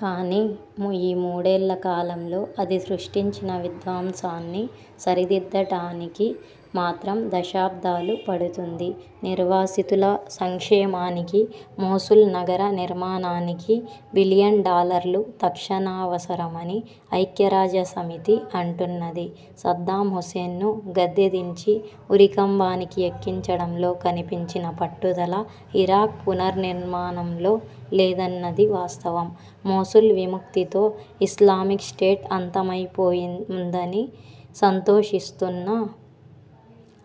కానీ, ఈ మూడేళ్ళకాలంలో అది సృష్టించిన విధ్వంసాన్ని సరిదిద్దడానికి మాత్రం దశాబ్దాలు పడుతుంది. నిర్వాసితుల సంక్షేమానికీ, మోసుల్ నగర నిర్మాణానికీ బిలియన్ డాలర్లు తక్షణావసరమని ఐక్యరాజ్యసమితి అంటున్నది. సద్దాం హుస్సేన్ను గద్దెదించి, ఉరికంబానికి ఎక్కించడంలో కనిపించిన పట్టుదల, ఇరాక్ పునర్నిర్మాణంలో లేదన్నది వాస్తవం. మోసుల్ విముక్తితో ఇస్లామిక్ స్టేట్ అంతమైపోయిందని సంతోషిస్తున్న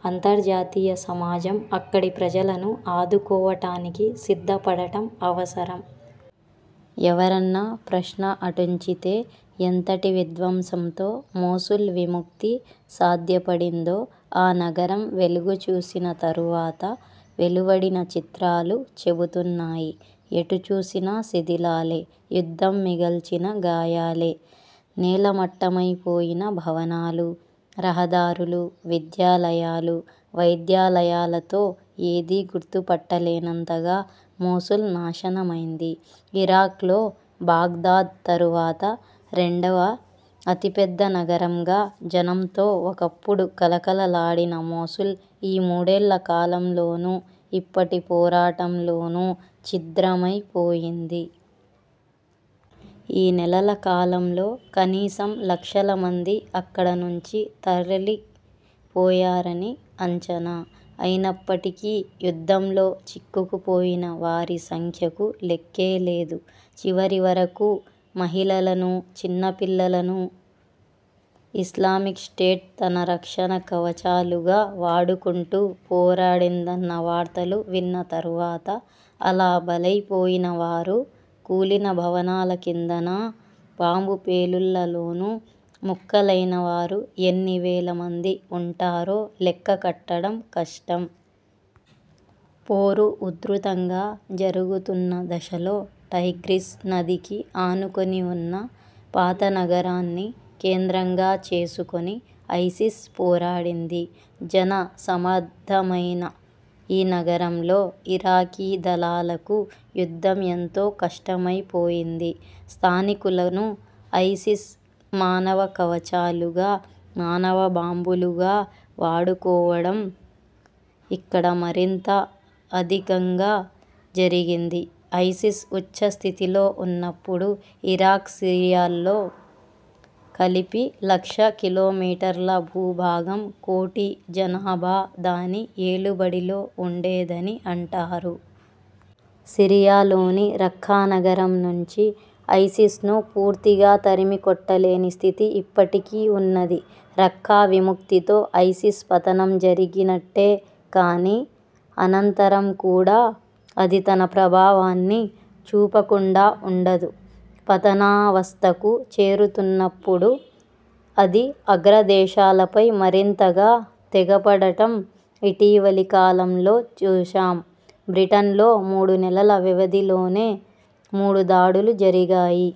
అంతర్జాతీయ సమాజం అక్కడి ప్రజలను ఆదుకోవడానికి సిద్ధపడటం అవసరం. ఎవరన్న ప్రశ్న అటుంచితే, ఎంతటి విధ్వంసంతో మోసుల్ 'విముక్తి' సాధ్యపడిందో ఆ నగరం వెలుగుచూసిన తరువాత వెలువడిన చిత్రాలు చెబుతున్నాయి. ఎటుచూసినా శిథిలాలే, యుద్ధం మిగల్చిన గాయాలే. నేలమట్టమైపోయిన భవనాలు, రహదారులు, విద్యాలయాలు, వైద్యాలయాలతో ఏదీ గుర్తుపట్టలేనంతగా మోసుల్ నాశనమైంది. ఇరాక్లో బాగ్దాద్ తరువాత రెండవ అతిపెద్దనగరంగా జనంతో ఒకప్పుడు కళకళలాడిన మోసుల్ ఈ మూడేళ్ళకాలంలోనూ, ఇప్పటి పోరాటంలోనూ ఛిద్రమైపోయింది. ఈ నెలల కాలంలో కనీసం లక్షలమంది అక్కడనుంచి తరలిపోయారని అంచనా. అయినప్పటికీ, యుద్ధంలో చిక్కుకుపోయినవారి సంఖ్యకు లెక్కేలేదు. చివరివరకూ మహిళలనూ, చిన్నపిల్లలనూ ఇస్లామిక్ స్టేట్ తన రక్షణకవచాలుగా వాడుకుంటూ పోరాడిందన్న వార్తలు విన్న తరువాత, అలా బలైపోయిన వారు, కూలిన భవనాలకిందనా, బాంబు పేలుళ్ళలోనూ ముక్కలైనవారు ఎన్నివేలమంది ఉంటారో లెక్క కట్టడం కష్టం. పోరు ఉధృతంగా జరుగుతున్న దశలో టైగ్రిస్ నదికి ఆనుకునివున్న పాతనగరాన్ని కేంద్రంగా చేసుకొని ఐసిస్ పోరాడింది. జనసమ్మర్దమైన ఈ నగరంలో ఇరాకీదళాలకు యుద్ధం ఎంతో కష్టమైపోయింది. స్థానికులను ఐసిస్ మానవకవచాలుగా, మానవబాంబులుగా వాడుకోవడం ఇక్కడ మరింత అధికంగా జరిగింది. ఐసిస్ ఉచ్ఛస్థితిలో ఉన్నప్పుడు ఇరాక్, సిరియాల్లో కలిపి లక్షకిలోమీటర్ల భూభాగం, కోటిజనాభా దాని ఏలుబడిలో ఉండేదని అంటారు. సిరియాలోని రఖ్ఖానగరంనుంచి ఐసిస్ను పూర్తిగా తరిమికొట్టలేని స్థితి ఇప్పటికీ ఉన్నది. రఖ్ఖా విముక్తితో ఐసిస్ పతనం జరిగినట్టే కానీ, అనంతరం కూడా అది తన ప్రభావాన్ని చూపకుండా ఉండదు. పతనావస్థకు చేరుతున్నప్పుడు అది అగ్రదేశాలపై మరింతగా తెగబడటం ఇటీవలికాలంలో చూశాం. బ్రిటన్లో మూడునెలల వ్యవధిలోనే మూడుదాడులు జరిగాయి.